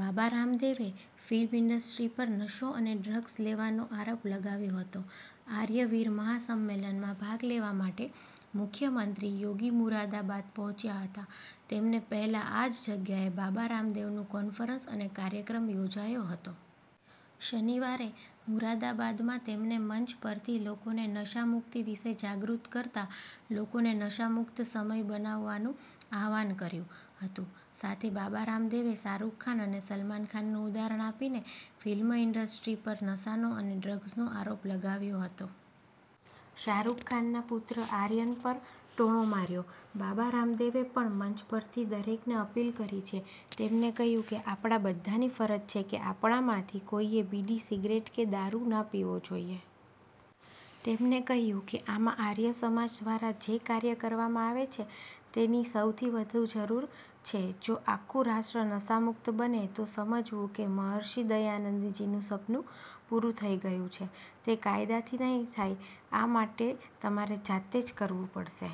બાબા રામદેવે film industry પર નશો અને ડ્રગ્સ લેવાનો આરોપ લગાવ્યો હતો. આર્ય વીર મહા સંમેલનમાં ભાગ લેવા માટે મુખ્યમંત્રી યોગી મુરાદાબાદ પહોંચ્યા હતા. તેમને પહેલા આ જ જગ્યાએ બાબા રામદેવનું કોન્ફરન્સ અને કાર્યક્રમ યોજાયો હતો. શનિવારે મુરાદાબાદમાં તેમણે મંચ પરથી લોકોને નશા મુક્તિ વિશે જાગૃત કરતા લોકોને નશા મુક્ત સમય બનાવવાનું આહ્વાન કર્યું હતું. સાથે બાબા રામદેવે શાહરૂખ ખાન અને સલમાનનું ઉદાહરણ આપીને ફિલ્મ ઈન્ડસ્ટ્રી પર નશાનો અને ડ્રગ્સનો આરોપ લગાવ્યો હતો. શાહરૂખ ખાનના પુત્ર આર્યન પર ટોણો માર્યો. બાબા રામદેવે પણ મંચ પરથી દરેકને અપીલ કરી છે. તેમણે કહ્યું કે આપણા બધાની ફરજ છે કે આપણામાંથી કોઈએ બીડી, સિગારેટ કે દારૂ ન પીવો જોઈએ. તેમણે કહ્યું કે આમાં આર્ય સમાજ દ્વારા જે કાર્ય કરવામાં આવે છે તેની સૌથી વધુ જરૂર છે. જો આખું રાષ્ટ્ર નશામુક્ત બને તો સમજવું કે મહર્ષિ દયાનંદજીનું સપનું પૂરું થઈ ગયું છે, તે કાયદાથી નહીં થાય, આ માટે તમારે જાતે જ કરવું પડશે.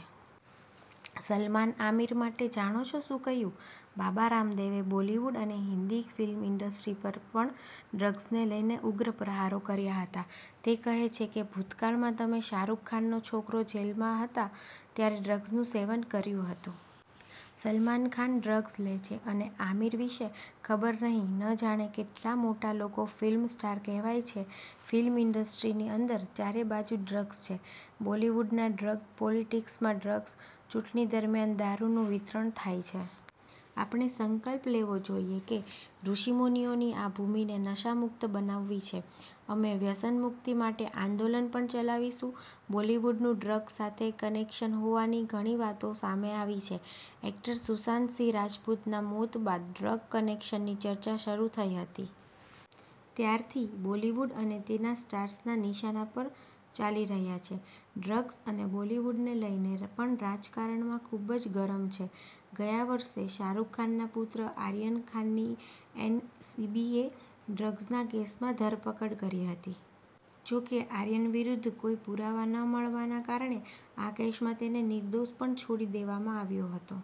સલમાન-આમિર માટે જાણો શું કહ્યું? બાબા રામદેવે બોલિવૂડ અને હિન્દી ફિલ્મ ઈન્ડસ્ટ્રી પર પણ ડ્રગ્સને લઈને ઉગ્ર પ્રહારો કર્યા હતા. તે કહે છે કે ભૂતકાળમાં તમે શાહરૂખ ખાનનો છોકરો જેલમાં હતા ત્યારે ડ્રગ્સનું સેવન કર્યું હતું. સલમાન ખાન ડ્રગ્સ લે છે અને આમિર વિષે ખબર નહી. ન જાણે કેટલા મોટા લોકો ફિલ્મ સ્ટાર કહેવાય છે. ફિલ્મ ઈન્ડસ્ટ્રીની અંદર ચારેબાજુ ડ્રગ્સ છે. બોલિવૂડના ડ્રગ પોલિટિક્સમાં ડ્રગ્સ, ચૂંટણી દરમિયાન દારૂનું વિતરણ થાય છે. આપણે સંકલ્પ લેવો જોઈએ કે ઋષિમુનિઓની આ ભૂમિને નશામુક્ત બનાવવી છે. અમે વ્યસનમુક્તિ માટે આંદોલન પણ ચલાવીશું. બોલિવૂડનું ડ્રગ્સ સાથે કનેક્શન હોવાની ઘણી વાતો સામે આવી છે. એક્ટર સુશાંત સિંહ રાજપૂતના મોત બાદ ડ્રગ કનેક્શનની ચર્ચા શરૂ થઈ હતી. ત્યારથી બોલીવુડ અને તેના સ્ટાર્સ ના નિશાના પર ચાલી રહ્યા છે. ડ્રગ્સ અને બોલિવૂડને લઈને પણ રાજકારણ ખૂબ જ ગરમ છે. ગયા વર્ષે શાહરૂખ ખાનના પુત્ર આર્યન ખાનની એન સીબીએ ડ્રગ્સના કેસમાં ધરપકડ કરી હતી. જોકે, આર્યન વિરુદ્ધ કોઈ પુરાવા ન મળવાના કારણે આ કેસમાં તેને નિર્દોષ પણ છોડી દેવામાં આવ્યો હતો.